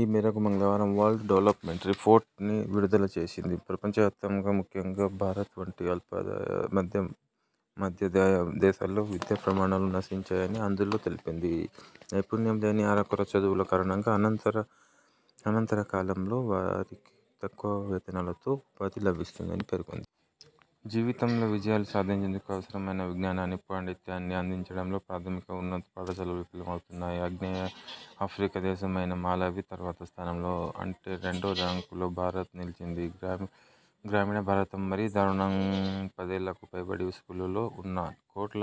ఈ మేరకు మంగళవారం వరల్డ్ డెవల్పమెంట్ రిపోర్ట్- 'ని విడుదల చేసింది. ప్రపంచవ్యాప్తంగా.. ముఖ్యంగా భారత్ వంటి అల్పాదాయ, మద్యం మధ్యాదాయ దేశాల్లో విద్యా ప్రమాణాలు నశించాయని అందులో తెలిపింది. నైపుణ్యం లేని అరకొర చదువుల కారణంగా అనంతర అనంతరకాలంలో వారికి తక్కువ వేతనాలతో ఉపాధి లభిస్తుందని పేర్కొంది. 'జీవితంలో విజయాలు సాధించేందుకు అవసరమైన విజ్ఞానాన్ని, పాండిత్యాన్ని అందించడంలో ప్రాథమిక, ఉన్నత పాఠశాలలు విఫలమవుతున్నాయి. అగ్నేయ ఆఫ్రికా దేశమైన మలావి తర్వాతి స్థానంలో.. అంటే రెండో ర్యాంకులో భారత్ నిలిచింది. గ్రామీ గ్రామీణ భారతం మరీ దారుణం. పదేళ్లకు పైబడి స్కూలులో ఉన్నా కోట్ల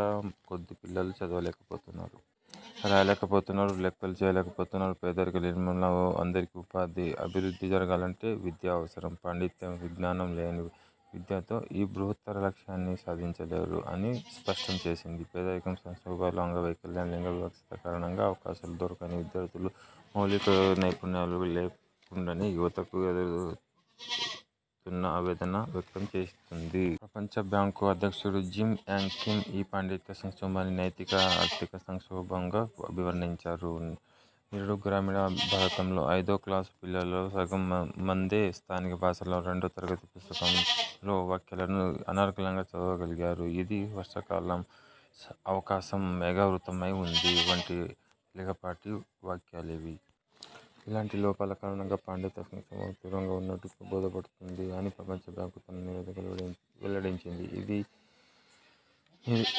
కొద్దీ పిల్లలు చదవలేకపోతున్నారు.. రాయలేకపోతున్నారు.. లెక్కలు చేయలేకపోతున్నారు. 'పేదరిక నిర్మూలన, అందరికీ ఉపాధి, అభివృద్ధి జరగాలంటే విద్య అవసరం. పాండిత్యం, విజ్ఞానం లేని విద్యతో ఈ బృహత్తర లక్ష్యాన్ని సాధించలేరు' అని స్పష్టం చేసింది. పేదరికం, సంక్షోభాలు, అంగవైకల్యం, లింగవివక్ష కారణంగా అవకాశాలు దొరకని విద్యార్థులు మౌలిక నైపుణ్యాలు లేకుండనే యువతకు ఎదుగూ తున్న ఆవేదన వ్యక్తంచేసింది. ప్రపంచబ్యాంకు అధ్యక్షుడు జిమ్ యాంగ్ కిమ్ ఈ పాండిత్య సంక్షోభాన్ని నైతిక, ఆర్థిక సంక్షోభంగా అభివర్ణించారు. 'నిరుడు గ్రామీణ భారతంలో ఐదో క్లాసు పిల్లల్లో సగం మందే స్థానిక భాషలో రెండో తరగతి పుస్తకంలోని వాక్యలను అనర్గళంగా చదవగలిగారు. ఇది వర్షాకాలం.. అవకాశం మేఘావృతమై ఉంది వంటి లికపాటి వాక్యాలవి. ఇలాంటి లోపాల కారణంగా పాండిత్య సంక్షోభం తీవ్రంగా ఉన్నట్లు బోధపడుతుంది' అని ప్రపంచబ్యాంకు తన నివేదికలో వెల్లడించింది. ఇవీ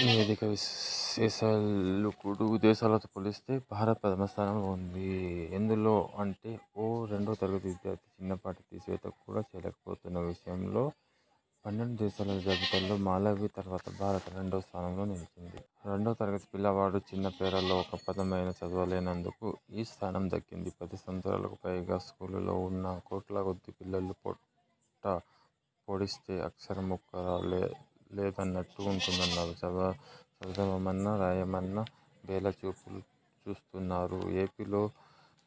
నివేదిక విశేషాలుఏడు దేశాలతో పోలిస్తే భారత్ ప్రథమ స్థానంలో ఉంది. ఎందులో అంటేఓ రెండో తరగతి విద్యార్థి చిన్నపాటి తీసివేతకు కూడా చేయలేకపోతున్న విషయంలో..!పన్నెండు దేశాల జాబితాలో మలావి తర్వాత భారత్ రెండో స్థానంలో నిలిచింది. రెండో తరగతి పిల్లవాడు చిన్న పేరాలో ఒక్క పదమైనా చదవలేనందుకు ఈ స్థానం దక్కింది. పది సంవత్సరాలకు పైగా స్కూలులో ఉన్నా కోట్ల కొద్దీ పిల్లలు 'పొట్ట పొడిస్తే అక్షరం ముక్కరాలే లేదన్న'ట్టు ఉంటున్నారు. చదవమన్నా.. రాయమన్నా బేల చూపులు చూస్తున్నారు. ఏపీలో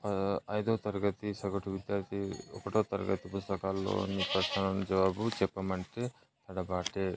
ఆ ఐదో తరగతి సగటు విద్యార్థి ఒకటో తరగతి పుస్తకాల్లోని ప్రశ్నలకు జవాబు చెప్పమంటే తడబాటే.